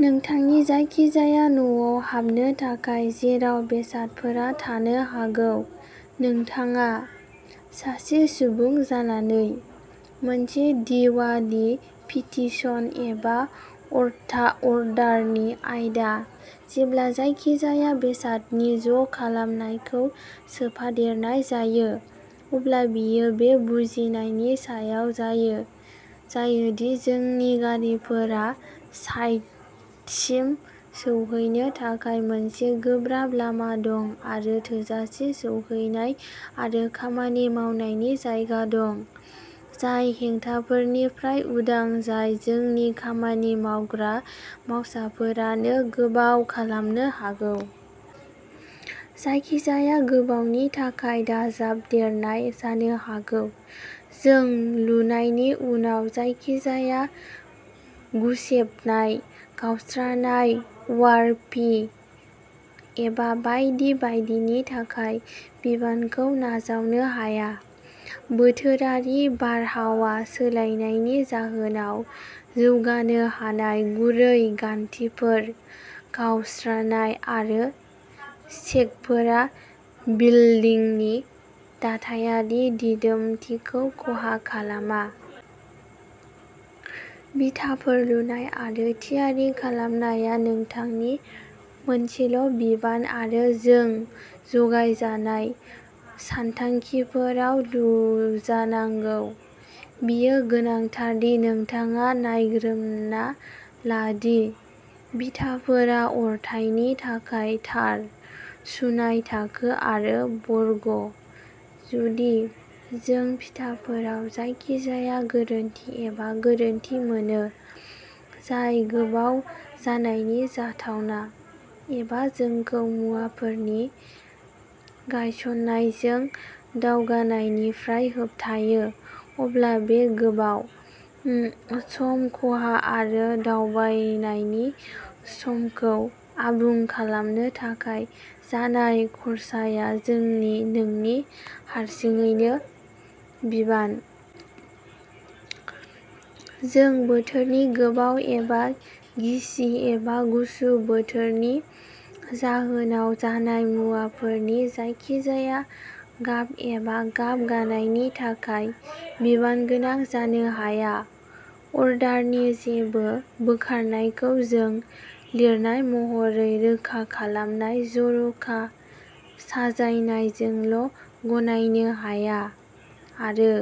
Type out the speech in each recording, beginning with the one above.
नोंथांनि जायखिजाया न'आव हाबनो थाखाय जेराव बेसादफोरा थानो हागौ। नोंथाङा, सासे सुबुं जानानै, मोनसे दिवालि पिटीशन एबा अर्डारनि आयदा। जेब्ला जायखिजाया बेसादनि ज' खालामनायखौ सोफादेरनाय जायो, अब्ला बेयो बे बुजिनायनि सायाव जायो दि जोंनि गारिफोरा साइटसिम सौहैनो थाखाय मोनसे गोब्राब लामा दं आरो थोजासे सौहैनाय आरो खामानि मावनायनि जायगा दं, जाय हेंथाफोरनिफ्राय उदां जाय जोंनि खामानि मावग्रा मावसाफोरनो गोबाव खालामनो हागौ। जायखिजाया गोबावनि थाखाय दाजाबदेरनाय जानो हागौ। जों लुनायनि उनाव जायखिजाया गुसेबनाय, गावस्रानाय, अवार्पिं एबा बायदि बायदिनि थाखाय बिबानखौ नाजावनो हाया। बोथोरारि बारहावा सोलायनायनि जाहोनाव जौगानो हानाय गुरै गान्थिफोर, गावस्रानाय आरो शेकफोरा बिल्दिंनि दाथायारि दिदोमथिखौ खहा खालामा। बिथाफोर लुनाय आरो थियारि खालामनाया नोंथांनि मोनसेल' बिबान आरो जों जगायजानाय सानथांखिफोराव लुजानांगौ। बेयो गोनांथार दि नोंथाङा नायग्रोमना ला दि बिथाफोरा अरथाइनि थाखाय थार। सुनाय थाखो आरो बर्ग। जुदि, जों बिथाफोराव जायखिजाया गोरोन्थि एबा गोरोन्थि मोनो जाय गोबाव जानायनि जाथावना, एबा जोंखौ मुवाफोरनि गायसननायजों दावगानायनिफ्राय होबथायो, अब्ला बे गोबाव, सम खहा आरो दावबायनायनि समखौ आबुं खालामनो थाखाय जानाय खर्साया नोंनि हारसिङैनो बिबान। जों बोथोरनि गोबाव एबा गिसि एबा गुसु बोथोरनि जाहोनाव जानाय मुवाफोरनि जायखिजाया गाब एबा गाब गानायनि थाखाय बिबानगोनां जानो हाया। अर्डारनि जेबो बोखारनायखौ जों लिरनाय महरै रोखा खालामनाय जर'खा साजायनायजोंल' गनायनो हाया आरो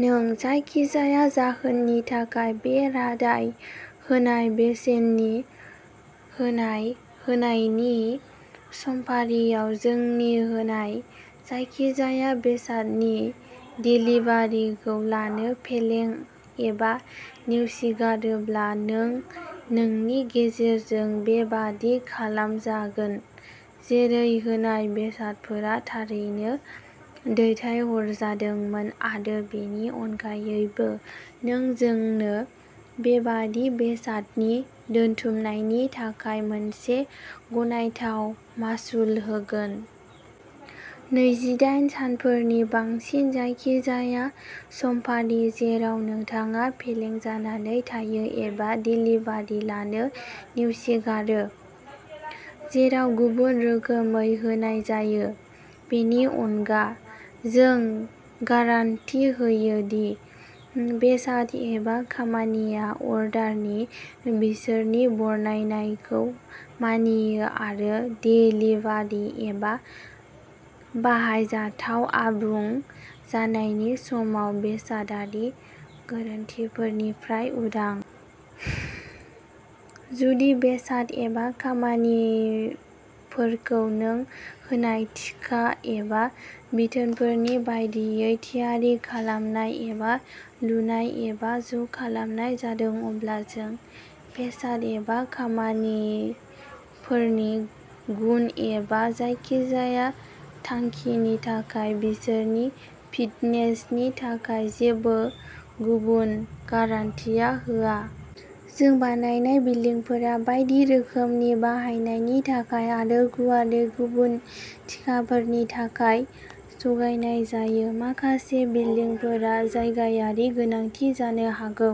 नों जायखिजाया जाहोननि थाखाय बे रादाय होनाय बेसेननि होनाय होनायनि समफारियाव जोंनि होनाय जायखिजाया बेसादनि देलिभारिखौ लानो फेलें एबा नेवसिगारोब्ला नों नोंनि गेजेरजों बेबादि खालामजागोन जेरै होनाय बेसादफोरा थारैनो दैथायहरजादोंमोन आरो बेनि अनगायैबो नों जोंनो बेबादि बेसादनि दोनथुमनायनि थाखाय मोनसे गनायथाव मासुल होगोन। नैजिदाइ सानफोरनि बांसिन जायखिजाया समफारि जेराव नोंथाङा फेलें जानानै थायो एबा देलिभारि लानो नेवसिगारो। जेराव गुबुन रोखोमै होनाय जायो, बेनि अनगा, जों गारान्टि होयो दि बेसाद एबा खामानिया अर्डारनि बिसोरनि बरनायनायखौ मानियो आरो देलिभारि एबा बाहायजाथाव आबुं जानायनि समाव बेसादारि गोरोन्थिफोरनिफ्राय उदां। जुदि बेसाद एबा खामानिफोरखौ नों होनाय थिखा एबा बिथोनफोरनि बायदियै थियारि खालामनाय एबा लुनाय एबा ज' खालामनाय जादों अब्ला जों बेसाद एबा खामानिफोरनि गुन एबा जायखिजाया थांखिनि थाखाय बिसोरनि फिटनेसनि थाखाय जेबो गुबुन गारान्टिआ होआ। जों बानायनाय बिल्डिंफोरा बायदि रोखोमनि बाहायनायनि थाखाय आरो गुवारै गुबुन थिखाफोरनि थाखाय जगायनाय जायो। माखासे बिल्डिंफोरा जायगायारि गोनांथि जानो हागौ।